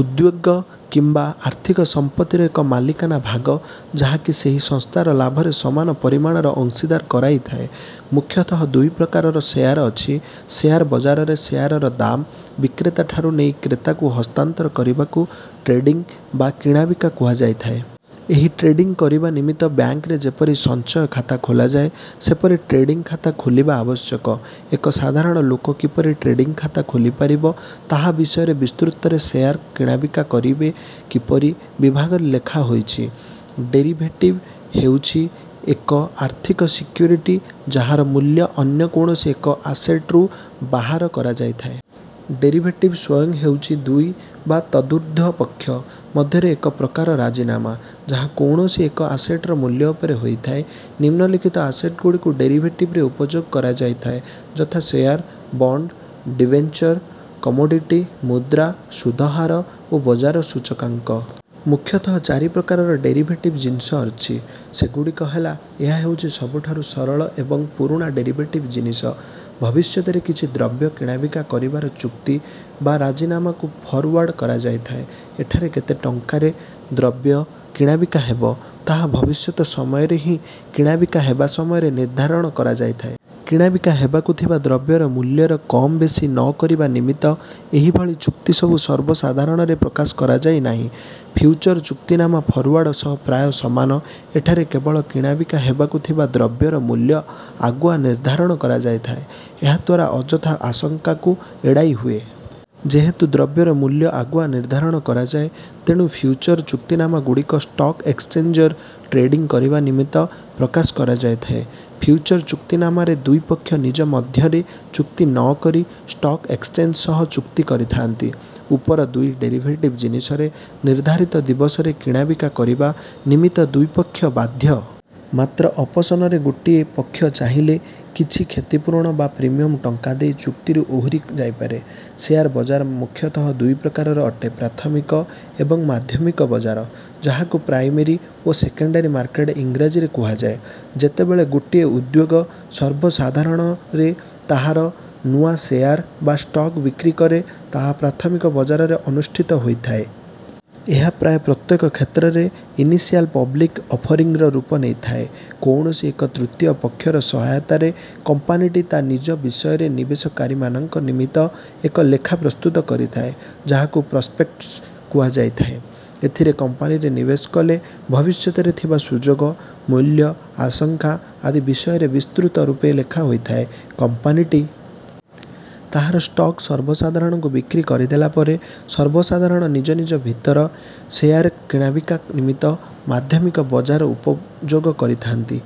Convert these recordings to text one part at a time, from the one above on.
ଉଦ୍ୟୋଗ କିମ୍ବା ଆର୍ଥିକ ସମ୍ପତ୍ତିର ଏକ ମାଲିକାନା ଭାଗ, ଯାହାକି ସେହି ସଂସ୍ଥାର ଲାଭରେ ସମାନ ପରିମାଣର ଅଂଶୀଦାର କରାଇଥାଏ। ମୁଖ୍ୟତଃ ଦୁଇ ପ୍ରକାରର ଶେୟାର ଅଛି। ଶେୟାର ବଜାରରେ ଶେୟାରର ଦାମ ବିକ୍ରେତାଠାରୁ ନେଇ କ୍ରେତାକୁ ହସ୍ତାନ୍ତର କରିବାକୁ ଟ୍ରେଡିଂ ବା କିଣାବିକା କୁହାଯାଇଥାଏ। ଏହି ଟ୍ରେଡିଂ କରିବା ନିମିତ୍ତ ବ୍ୟାଙ୍କରେ ଯେପରି ସଞ୍ଚୟ ଖାତା ଖୋଲାଯାଏ, ସେପରି ଟ୍ରେଡିଂ ଖାତା ଖୋଲିବା ଆବଶ୍ୟକ। ଏକ ସାଧାରଣ ଲୋକ କିପରି ଟ୍ରେଡିଂ ଖାତା ଖୋଲିପାରିବ, ତାହା ବିଷୟରେ ବିସ୍ତୃତରେ "ଶେୟାର କିଣାବିକା କରିବେ କିପରି" ବିଭାଗରେ ଲେଖାହୋଇଛି। ଡେରିଭେଟିଭ ହେଉଛି ଏକ ଆର୍ଥିକ ସିକ୍ୟୁରିଟି, ଯାହାର ମୂଲ୍ୟ ଅନ୍ୟ କୌଣସି ଏକ ଆସେଟରୁ ବାହାର କରାଯାଇଥାଏ। ଡେରିଭେଟିଭ ସ୍ୱୟଂ ହେଉଛି ଦୁଇ ବା ତଦୂର୍ଦ୍ଧ୍ୱ ପକ୍ଷ ମଧ୍ୟରେ ଏକ ପ୍ରକାର ରାଜିନାମା, ଯାହା କୌଣସି ଏକ ଆସେଟର ମୂଲ୍ୟ ଉପରେ ହୋଇଥାଏ। ନିମ୍ନଲିଖିତ ଆସେଟଗୁଡ଼ିକୁ ଡେରିଭେଟିଭରେ ଉପଯୋଗ କରାଯାଇଥାଏ ଯଥା ଶେୟାର, ବଣ୍ଡ, ଡିବେଞ୍ଚର, କମୋଡିଟି, ମୁଦ୍ରା, ସୁଧହାର ଓ ବଜାର ସୂଚକାଙ୍କ। ମୁଖ୍ୟତଃ ଚାରି ପ୍ରକାରର ଡେରିଭେଟିଭ ଜିନିଷ ଅଛି। ସେଗୁଡ଼ିକ ହେଲା:ଏହା ହେଉଛି ସବୁଠାରୁ ସରଳ ଏବଂ ପୁରୁଣା ଡେରିଭେଟିଭ ଜିନିଷ। ଭବିଷ୍ୟତରେ କିଛି ଦ୍ରବ୍ୟ କିଣାବିକା କରିବାର ଚୁକ୍ତି ବା ରାଜିନାମାକୁ ଫରୱାର୍ଡ କୁହାଯାଇଥାଏ। ଏଠାରେ କେତେ ଟଙ୍କାରେ ଦ୍ରବ୍ୟ କିଣାବିକା ହେବ, ତାହା ଭବିଷ୍ୟତ ସମୟରେ ହିଁ କିଣାବିକା ହେବା ସମୟରେ ନିର୍ଦ୍ଧାରଣ କରାଯାଇଥାଏ। କିଣାବିକା ହେବାକୁ ଥିବା ଦ୍ରବ୍ୟର ମୂଲ୍ୟର କମ୍-ବେଶି ନ କରିବା ନିମିତ୍ତ ଏହିଭଳି ଚୁକ୍ତିସବୁ ସର୍ବସାଧାରଣରେ ପ୍ରକାଶ କରାଯାଏ ନାହିଁ। ଫ୍ୟୁଚର ଚୁକ୍ତିନାମା ଫରୱାର୍ଡ ସହ ପ୍ରାୟ ସମାନ, ଏଠାରେ କେବଳ କିଣାବିକା ହେବାକୁ ଥିବା ଦ୍ରବ୍ୟର ମୂଲ୍ୟ ଆଗୁଆ ନିର୍ଦ୍ଧାରଣ କରାଯାଇଥାଏ। ଏହାଦ୍ୱାରା ଅଯଥା ଆଶଙ୍କାକୁ ଏଡ଼ାଇହୁଏ। ଯେହେତୁ ଦ୍ରବ୍ୟର ମୂଲ୍ୟ ଆଗୁଆ ନିର୍ଦ୍ଧାରଣ କରାଯାଏ, ତେଣୁ ଫ୍ୟୁଚର ଚୁକ୍ତିନାମାଗୁଡ଼ିକୁ ଷ୍ଟକ୍ ଏକ୍ସଚେଞ୍ଜରେ ଟ୍ରେଡିଂ କରିବା ନିମିତ୍ତ ପ୍ରକାଶ କରାଯାଇଥାଏ। ଫ୍ୟୁଚର ଚୁକ୍ତିନାମାରେ ଦୁଇ ପକ୍ଷ ନିଜ ମଧ୍ୟରେ ଚୁକ୍ତି ନ କରି ଷ୍ଟକ୍ ଏକ୍ସଚେଞ୍ଜ ସହ ଚୁକ୍ତି କରିଥାନ୍ତି। ଉପର ଦୁଇ ଡେରିଭେଟିଭ ଜିନିଷରେ ନିର୍ଦ୍ଧାରିତ ଦିବସରେ କିଣାବିକା କରିବା ନିମିତ୍ତ ଦୁଇ ପକ୍ଷ ବାଧ୍ୟ। ମାତ୍ର ଅପସନରେ ଗୋଟିଏ ପକ୍ଷ ଚାହିଁଲେ କିଛି କ୍ଷତିପୂରଣ ବା ପ୍ରିମିୟମ ଟଙ୍କା ଦେଇ ଚୁକ୍ତିରୁ ଓହରି ଯାଇପାରେ। ଶେୟାର ବଜାର ମୁଖ୍ୟତଃ ଦୁଇ ପ୍ରକାରର ଅଟେ ପ୍ରାଥମିକ ଏବଂ ମାଧ୍ୟମିକ ବଜାର, ଯାହାକୁ ପ୍ରାଇମେରୀ ଓ ସେକେଣ୍ଡାରୀ ମାର୍କେଟ ଇଂରାଜୀରେ କୁହାଯାଏ। ଯେତେବେଳେ ଗୋଟିଏ ଉଦ୍ୟୋଗ ସର୍ବସାଧାରଣରେ ତାହାର ନୂଆ ଶେୟାର ବା ଷ୍ଟକ୍ ବିକ୍ରି କରେ, ତାହା ପ୍ରାଥମିକ ବଜାରରେ ଅନୁଷ୍ଠିତ ହୋଇଥାଏ। ଏହା ପ୍ରାୟ ପ୍ରତ୍ୟେକ କ୍ଷେତ୍ରରେ ଇନିସିଆଲ ପବ୍ଲିକ ଅଫରିଂ ର ରୂପ ନେଇଥାଏ। କୌଣସି ଏକ ତୃତୀୟ ପକ୍ଷର ସହାୟତାରେ, କମ୍ପାନୀଟି ତା' ନିଜ ବିଷୟରେ ନିବେଶକାରୀମାନଙ୍କ ନିମିତ୍ତ ଏକ ଲେଖା ପ୍ରସ୍ତୁତ କରିଥାଏ, ଯାହାକୁ ପ୍ରସପେକ୍ଟସ କୁହାଯାଇଥାଏ। ଏଥିରେ କମ୍ପାନୀରେ ନିବେଶ କଲେ ଭବିଷ୍ୟତରେ ଥିବା ସୁଯୋଗ, ମୂଲ୍ୟ, ଆଶଙ୍କା ଆଦି ବିଷୟରେ ବିସ୍ତୃତ ରୂପେ ଲେଖାହୋଇଥାଏ। କମ୍ପାନୀଟି ତାହାର ଷ୍ଟକ୍ ସର୍ବସାଧାରଣଙ୍କୁ ବିକ୍ରି କରିଦେଲା ପରେ, ସର୍ବସାଧାରଣ ନିଜ ନିଜ ଭିତରେ ଶେୟାର କିଣାବିକା ନିମିତ୍ତ ମାଧ୍ୟମିକ ବଜାର ଉପଯୋଗ କରିଥାନ୍ତି।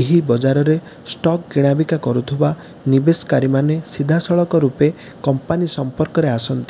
ଏହି ବଜାରରେ ଷ୍ଟକ୍ କିଣାବିକା କରୁଥିବା ନିବେଶକାରୀମାନେ ସିଧାସଳଖ ରୂପେ କମ୍ପାନୀ ସମ୍ପର୍କରେ ଆସନ୍ତି।